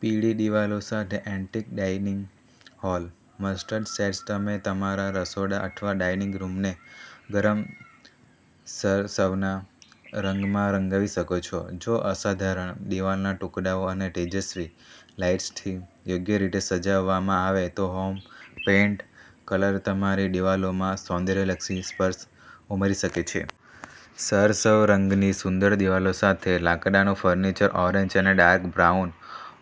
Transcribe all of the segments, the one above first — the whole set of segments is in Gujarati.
પીળી દિવાલો સાથે antique dining hall. Mustard shades તમે તમારા રસોડા અથવા ડાઇનિંગ રૂમને ગરમ સરસવના રંગમાં રંગાવી શકો છો. જો અસાધારણ દિવાલના ટુકડાઓ અને તેજસ્વી લાઇટ્સથી યોગ્ય રીતે સજાવવામાં આવે તો હોમ પેઇન્ટ કલર તમારી દિવાલોમાં સૌંદર્યલક્ષી સ્પર્શ ઉમેરી શકે છે. સરસવ રંગની સુંદર દિવાલો સાથે લાકડાનું ફર્નિચર ઓરેન્જ અને dark brown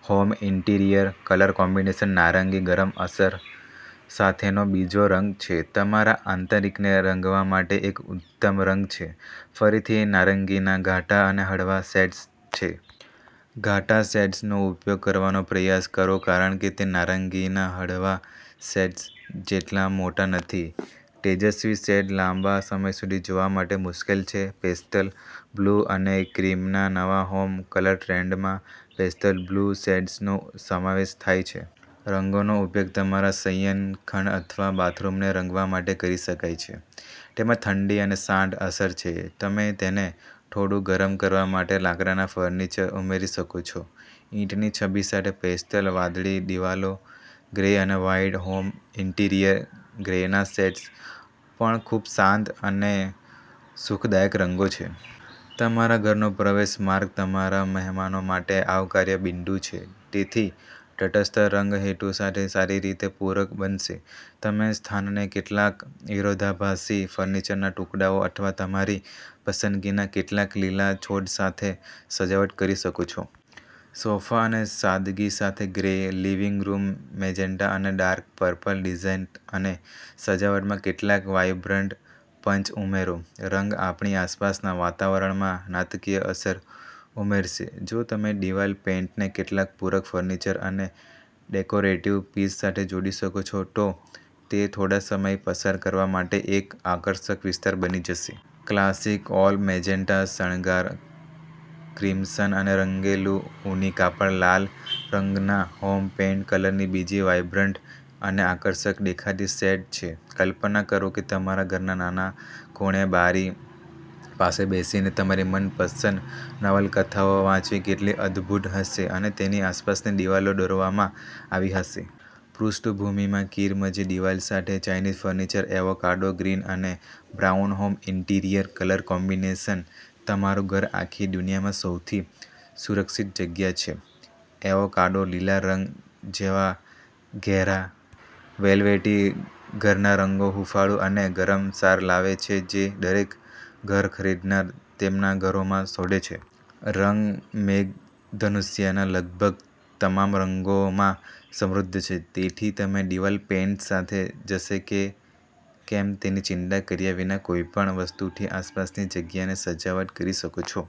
home interior colour combination નારંગી ગરમ અસર સાથેનો બીજો રંગ છે. તમારા આંતરિકને રંગવા માટે એક ઉત્તમ રંગ છે. ફરીથી, નારંગીના ઘાટા અને હળવા શેડ્સ છે. ઘાટા શેડ્સનો ઉપયોગ કરવાનો પ્રયાસ કરો કારણ કે તે નારંગીના હળવા શેડ્સ જેટલા મોટા નથી. તેજસ્વી શેડ્સ લાંબા સમય સુધી જોવા માટે મુશ્કેલ છે. પેસ્ટલ બ્લુ અને ક્રીમના નવા હોમ કલર ટ્રેન્ડમાં પેસ્ટલ બ્લુ શેડ્સનો સમાવેશ થાય છે. રંગોનો ઉપયોગ તમારા શયનખંડ અથવા બાથરૂમને રંગવા માટે કરી શકાય છે. તેમાં ઠંડી અને શાંત અસર છે. તમે તેને થોડું ગરમ કરવા માટે લાકડાના ફર્નિચર ઉમેરી શકો છો. ઈંટની છબી સાથે પેસ્ટલ વાદળી દિવાલો, ગ્રે અને વ્હાઇટ હોમ ઇન્ટિરિયર, ગ્રેના શેડ્સ પણ ખૂબ શાંત અને સુખદાયક રંગો છે. તમારા ઘરનો પ્રવેશ માર્ગ તમારા મહેમાનો માટે આવકાર્ય બિંદુ છે. તેથી, તટસ્થ રંગ હેતુ સાથે સારી રીતે પૂરક બનશે. તમે સ્થાનને કેટલાક વિરોધાભાસી ફર્નિચરના ટુકડાઓ અથવા તમારી પસંદગીના કેટલાક લીલા છોડ સાથે સજાવટ કરી શકો છો. સોફા અને સાદડી સાથે ગ્રે, લિવિંગ રૂમ મેજેન્ટા અને ડાર્ક પર્પલ ડિઝાઇન અને સજાવટમાં કેટલાક વાઇબ્રન્ટ પંચ ઉમેરો. રંગ આપણી આસપાસના વાતાવરણમાં નાટકીય અસર ઉમેરશે. જો તમે દિવાલ પેઇન્ટને કેટલાક પૂરક ફર્નિચર અને ડેકોરેટિવ પીસ સાથે જોડી શકો છો, તો તે થોડો સમય પસાર કરવા માટે એક આકર્ષક વિસ્તાર બની જશે. ક્લાસિક ઓલ-મેજેન્ટા શણગાર, ક્રિમસન અને રંગેલું ઊની કાપડ, લાલ રંગના હોમ પેઈન્ટ કલરની બીજી વાઈબ્રન્ટ અને આકર્ષક દેખાતી શેડ છે. કલ્પના કરો કે તમારા ઘરના નાના ખૂણે બારી પાસે બેસીને તમારી મનપસંદ નવલકથાઓ વાંચવી કેટલી અદ્ભુત હશે અને તેની આસપાસની દીવાલો દોરવામાં આવી હશે. પૃષ્ઠભૂમિમાં કિરમજી દિવાલ સાથે ચાઇનીઝ ફર્નિચર એવોકાડો ગ્રીન અને brown home interior colour combination તમારું ઘર આખી દુનિયામાં સૌથી સુરક્ષિત જગ્યા છે. એવોકાડો લીલા રંગ જેવા ઘેરા વેલ્વેટી ઘરના રંગો હૂંફાળું અને ગરમ સાર લાવે છે જે દરેક ઘર ખરીદનાર તેમના ઘરોમાં શોધે છે. રંગ મેઘધનુષ્યના લગભગ તમામ રંગોમાં સમૃદ્ધ છે. તેથી, તમે દિવાલ પેઇન્ટ સાથે જશે કે કેમ તેની ચિંતા કર્યા વિના કોઈપણ વસ્તુથી આસપાસની જગ્યાને સજાવટ કરી શકો છો.